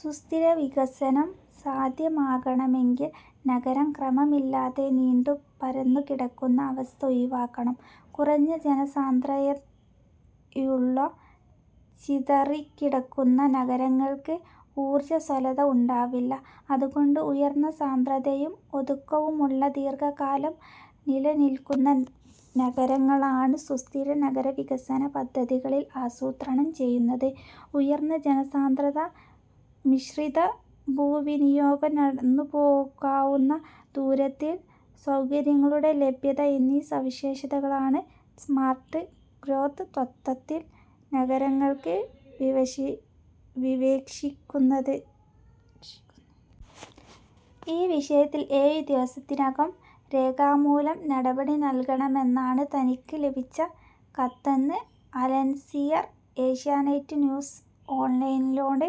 സുസ്ഥിര വികസനം സാധ്യമാകണമെങ്കിൽ നഗരം ക്രമമില്ലാതെ നീണ്ടു പരന്നു കിടക്കുന്ന അവസ്ഥ ഒയിവാക്കണം. കുറഞ്ഞ ജനസാന്ദ്രയയുള്ള, ചിതറിക്കിടക്കുന്ന നഗരങ്ങൾക്ക് ഊർജസ്വലത ഉണ്ടാവില്ല. അതുകൊണ്ട് ഉയർന്ന സാന്ദ്രതയും ഒതുക്കവുമുള്ള, ദീർഘകാലം നിലനിൽക്കുന്ന നഗരങ്ങളാണ് സുസ്ഥിര നഗരവികസന പദ്ധതികളിൽ ആസൂത്രണം ചെയ്യുന്നത്. ഉയർന്ന ജനസാന്ദ്രത, മിശ്രിത ഭൂവിനിയോഗം, നടന്നുപോകാവുന്ന ദൂരത്തിൽ സൌകര്യങ്ങളുടെ ലഭ്യത എന്നീ സവിശേഷതകളാണ് സ്മാർട്ട് ഗ്രോത്ത് തത്ത്വത്തിൽ നഗരങ്ങൾക്ക് വിവഷി വിവേക്ഷിക്കുന്നത്. ഈ വിഷയത്തിൽ ഏഴ് ദിവസത്തിനകം രേഖാമൂലം നടപടി നൽകണമെന്നാണ് തനിക്ക് ലഭിച്ച കത്തെന്ന് അലൻസിയർ ഏഷ്യാനെറ്റ് ന്യൂസ് ഓൺലൈൽനോട്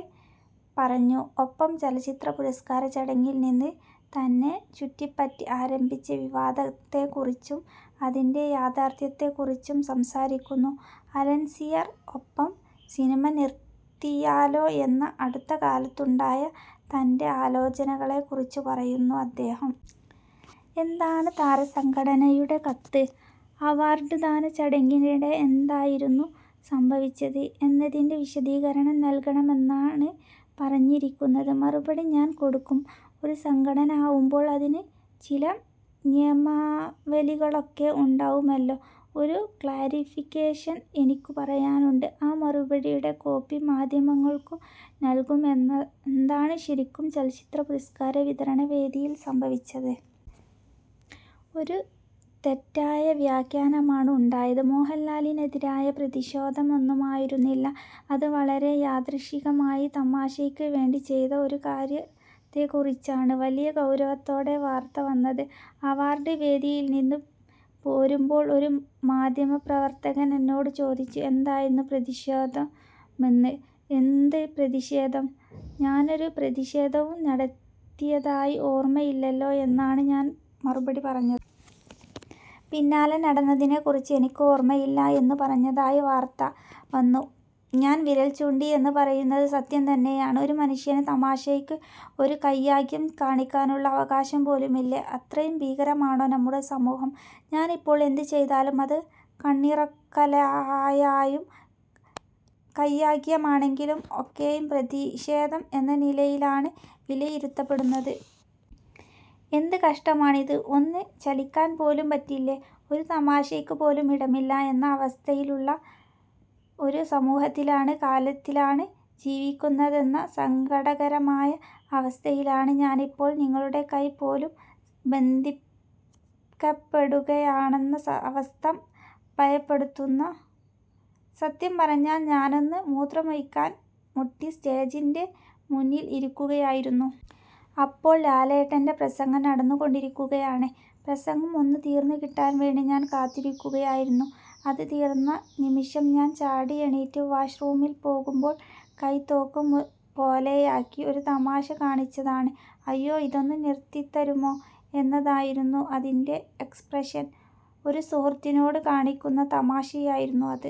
പറഞ്ഞു. ഒപ്പം ചലച്ചിത്ര പുരസ്കാര ചടങ്ങിൽ നിന്ന് തന്നെ ചുറ്റിപ്പറ്റി ആരംഭിച്ച വിവാദത്തെക്കുറിച്ചും അതിൻ്റെ യാഥാർഥ്യത്തെക്കുറിച്ചും സംസാരിക്കുന്നു അലൻസിയർ. ഒപ്പം സിനിമ നിർത്തിയാലോ എന്ന അടുത്തകാലത്തുണ്ടായ തൻ്റെ ആലോചനകളെക്കുറിച്ചും പറയുന്നു അദ്ദേഹം. എന്താണ് താരസംഘടനയുടെ കത്ത്? അവാർഡ്ദാന ചടങ്ങിനിടെ എന്തായിരുന്നു സംഭവിച്ചത് എന്നതിന് വിശദീകരണം നൽകണമെന്നാണ് പറഞ്ഞിരിക്കുന്നത്. മറുപടി ഞാൻ കൊടുക്കും. ഒരു സംഘടന ആവുമ്പോൾ അതിന് ചില നിയമാവലികളൊക്കെ ഉണ്ടാവുമല്ലോ. ഒരു ക്ലാരിഫിക്കേഷൻ എനിക്കും പറയാനുണ്ട്. ആ മറുപടിയുടെ കോപ്പി മാധ്യമങ്ങൾക്കും നൽകും. എന്ന എന്താണ് ശരിക്കും ചലച്ചിത്ര പുരസ്കാര വിതരണ വേദിയിൽ സംഭവിച്ചത്? ഒരു തെറ്റായ വ്യാഖ്യാനമാണ് ഉണ്ടായത്. മോഹൻലാലിനെതിരായ പ്രതിഷോധമൊന്നും ആയിരുന്നില്ല അത്. വളരെ യാദൃശ്ചികമായി തമാശയ്ക്ക് വേണ്ടി ചെയ്ത ഒരു കാര്യത്തെക്കുറിച്ചാണ് വലിയ ഗൌരവത്തോടെ വാർത്ത വന്നത്. അവാർഡ് വേദിയിൽ നിന്ന് പോരുമ്പോൾ ഒരു മാധ്യമപ്രവർത്തകൻ എന്നോട് ചോദിച്ചു, എന്തായിരുന്നു പ്രതിഷേധമെന്ന്. എന്ത് പ്രതിഷേധം, ഞാനൊരു പ്രതിഷേധവും നടത്തിയതായി ഓർമ്മയില്ലല്ലോ എന്നാണ് ഞാൻ മറുപടി പറഞ്ഞത്. പിന്നാലെ, നടന്നതിനെക്കുറിച്ച് എനിക്ക് ഓർമ്മയില്ല എന്ന് പറഞ്ഞതായി വാർത്ത വന്നു. ഞാൻ വിരൽ ചൂണ്ടി എന്ന് പറയുന്നത് സത്യം തന്നെയാണ്. ഒരു മനുഷ്യന് തമാശയ്ക്ക് ഒരു കൈയാംഗ്യം കാണിക്കാനുള്ള അവകാശം പോലുമില്ലേ? അത്രയും ഭീകരമാണോ നമ്മുടെ സമൂഹം? ഞാനിപ്പോൾ എന്ത് ചെയ്താലും, അത് കണ്ണിറക്കലായായും കൈയാംഗ്യമാണെങ്കിലും ഒക്കെയും പ്രതീഷേധം എന്ന നിലയിലാണ് വിലയിരുത്തപ്പെടുന്നത്. എന്ത് കഷ്ടമാണിത്? ഒന്ന് ചലിക്കാൻ പോലും പറ്റില്ല, ഒരു തമാശയ്ക്ക് പോലും ഇടമില്ല എന്ന അവസ്ഥയിലുള്ള ഒരു സമൂഹത്തിലാണ്, കാലത്തിലാണ് ജീവിക്കുന്നതെന്ന സങ്കടകരമായ അവസ്ഥയിലാണ് ഞാനിപ്പോൾ. നിങ്ങളുടെ കൈ പോലും ബന്ധിക്കപ്പെടുകയാണെന്ന അവസ്ഥം ഭയപ്പെടുത്തുന്ന. സത്യം പറഞ്ഞാൽ ഞാനാന്ന് മൂത്രമൊഴിക്കാൻ മുട്ടി സ്റ്റേജിൻ്റെ മുന്നിൽ ഇരിക്കുകയായിരുന്നു. അപ്പോൾ ലാലേട്ടൻ്റെ പ്രസംഗം നടന്നുകൊണ്ടിരിക്കുകയാണ്. പ്രസംഗം ഒന്ന് തീർന്നുകിട്ടാൻവേണ്ടി ഞാൻ കാത്തിരിക്കുകയായിരുന്നു. അത് തീർന്നനിമിഷം ഞാൻചാടിയെണീറ്റ് വാഷ് റൂമിൽ പോകുമ്പോൾ കൈ തോക്ക് പോലെയാക്കി ഒരു തമാശ കാണിച്ചതാണ്. ' അയ്യോ ഇതൊന്ന് നിർത്തിത്തരുമോ ' എന്നതായിരുന്നു അതിൻ്റെ എക്സ്പ്രഷൻ. ഒരു സുഹൃത്തിനോട് കാണിക്കുന്ന തമാശയായിരുന്നു അത്.